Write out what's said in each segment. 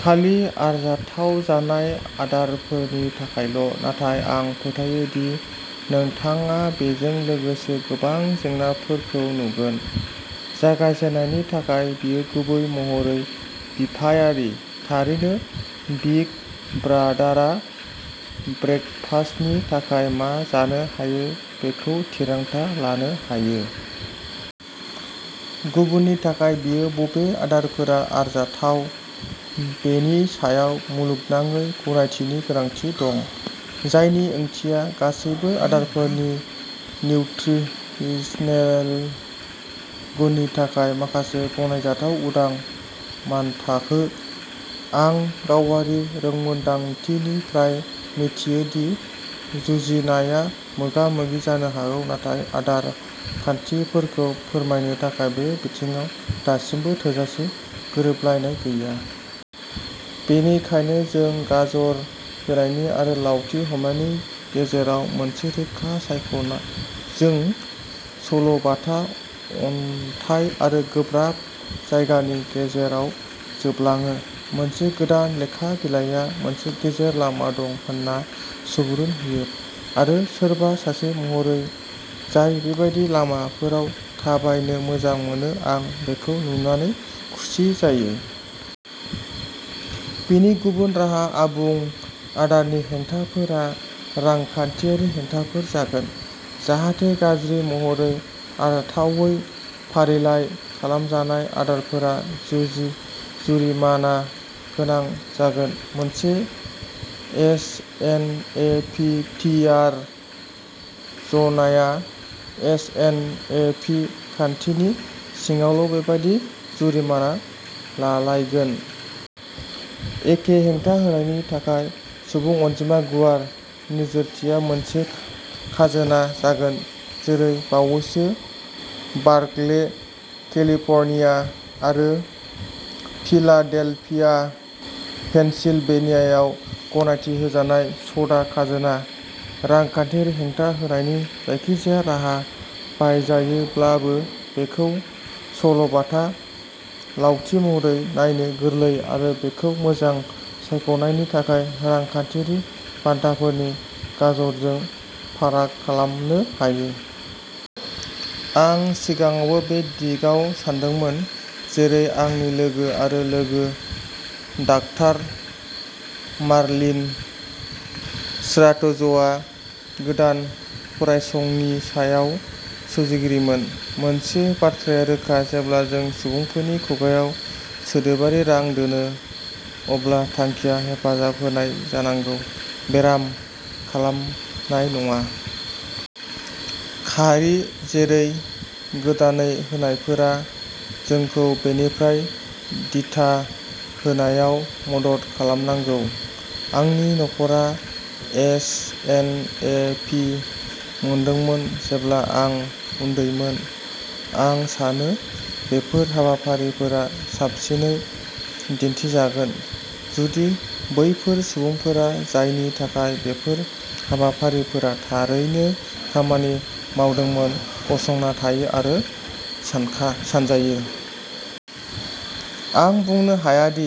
खालि आरजाथाव जानाय आदारफोरनि थाखायल'। नाथाय आं फोथायो दि नोंथाङा बेजों लोगोसे गोबां जेंनाफोरखौ नुगोन। जागायजेननायनि थाखाय बेयो गुबै महरै बिफायारि। थारैनो बिग ब्रादारआ ब्रेकफास्टनि थाखाय मा जानो हायो बेखौ थिरांथा लानो हायो। गुबुननि थाखाय बेयो बबे आदारफोरा आरजाथाव बेनि सायाव मुलुगनाङै गनायथिनि गोनांथि दं, जायनि ओंथिया गासैबो आदारफोरनि निउट्रिसनेल गुननि थाखाय माखासे गनायजानाय उदां मानथाखो। आं गावारि रोंमोनदांथिनिफ्राय मिथियो दि जुजिनाया मोगामोगि जानो हागौ नाथाय आदार खान्थिखौ फोरमायनो थाखाय बे बिथिङाव दासिमबो थोजासे गोरोबलायनाय गैया। बेनिखायनो जों गाजर होनायनि, आरो लावथि हमनायनि गेजेराव मोनसे रोखा सायख'नायजों, सल'-बाथा अनथाइ आरो गोब्राब जायगानि गेजेराव जोबलाङो। मोनसे गोदान लेखा बिलाइआ मोनसे गेजेर लामा दं होनना सुबुरुन होयो, आरो सोरबा सासे महरै जाय बेबादि लामाफोराव थाबायनो मोजां मोनो आं बेखौ नुनानै खुसि जायो। बेनि गुबुन राहा आबुं आदारनि हेंथाफोरा रांखान्थियारि हेंथाफोर जागोन, जाहाथे' गाज्रि महरै आरजाथावै फारिलाइ खालामजानाय आदारफोरा जुजि जुरिमाना गोनां जागोन। मोनसे S N A P T R जनाया एस एन ए पि खान्थिनि सिङावल' बेबादि जुरिमाना लागायगोन। एखे हेंथा होनायनि थाखाय सुबुं अनजिमा गुवार नोजोरथिया मोनसे खाजोना जागोन जेरै बावैसो बार्कले, केलिफर्निया आरो फिलाडेल्फिया, पेनसिलभेनियायाव गनायथि होजानाय स'डा खाजोना। रांखान्थियारि हेंथा होनायनि जायखिजाया राहा बाहायजायोब्लाबो, बेखौ सल'-बाथा लावथि महरै नायनो गोरलै, आरो बेखौ मोजां सायख'नायनि थाखाय रांखान्थियारि बान्थाफोरनि गाजरजों फाराग खालामनो हायो। आं सिगाङावबो बे दिगाव सानदोंमोन, जेरै आंनि लोगो आरो लोगो, डाक्टार मार्लिन श्वार्ट्जआ, गोदान फरायसंनि सायाव सुजुगिरिमोन। मोनसे बाथ्राया रोखा। जेब्ला जों सुबुंफोरनि खुगाआव सोदोबारि रां दोनो, अब्ला थांखिया हेफाजाब होनाय जानांगौ, बेराम खालामनाय नङा। खारि, जेरै गोदानै होनायफोरा, जोंखौ बेनिफ्राय दिथा होनायाव मदद खालामनांगौ। आंनि नखरा एस एन ए पि मोनदोंमोन जेब्ला आं उन्दैमोन। आं सानो बेफोर हाबाफारिफोरा साबसिनै दिन्थिजागोन जुदि बैफोर सुबुंफोरा जायनि थाखाय बेफोर हाबाफारिफोरा थारैनो खामानि मावदोंमोन गसंना थायो आरो सानखा सानजायो। आं बुंनो हाया दि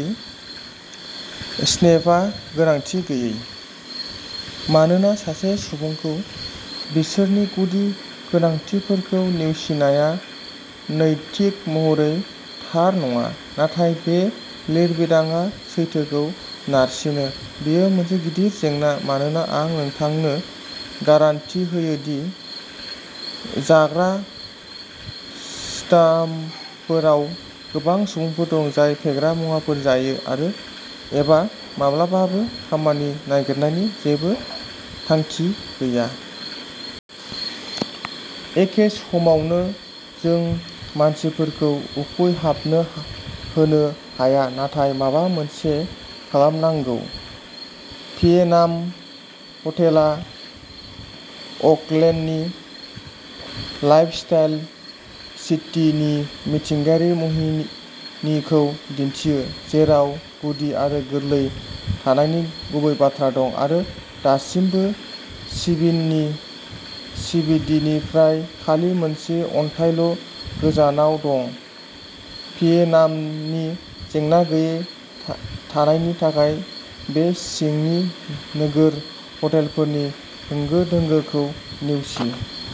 स्नेपआ गोनांथि गैयै, मानोना सासे सुबुंखौ बिसोरनि गुदि गोनांथिफोरखौ नेवसिनाया नैतिक महरै थार नङा। नाथाय बे लिरबिदांआ सैथोखौ नारसिनो। बेयो मोनसे गिदिर जेंना मानोना आं नोंथांनो गारान्टि होयो दि जाग्रा स्टाम्पफोराव गोबां सुबुंफोर दं जाय फेग्रा मुवाफोर जायो आरो एबा माब्लाबाबो खामानि नागिरनायनि जेबो थांखि गैया। एखे समावनो जों मानसिफोरखौ उखैहाबनो होनो हाया नाथाय माबा मोनसे खालामनांगौ। पयेनाम' हटेलआ अकलेन्डनि "लाइफस्टाइल सिटी" नि मिथिंगायारि मुहिनिखौ दिन्थियो, जेराव गुदि आरो गोरलै थानायनि गुबै बाथ्रा दं आरो दासिमबो सिबिननि सिबिडिनिफ्राय खालि मोनसे अन्थाइल'गोजानाव दं पयेनाम'नि जेंना गैयै था-थानायनि थाखाय बे सिंनि नोगोर हटेलफोरनि होंगो दोंगोखौ नेवसि।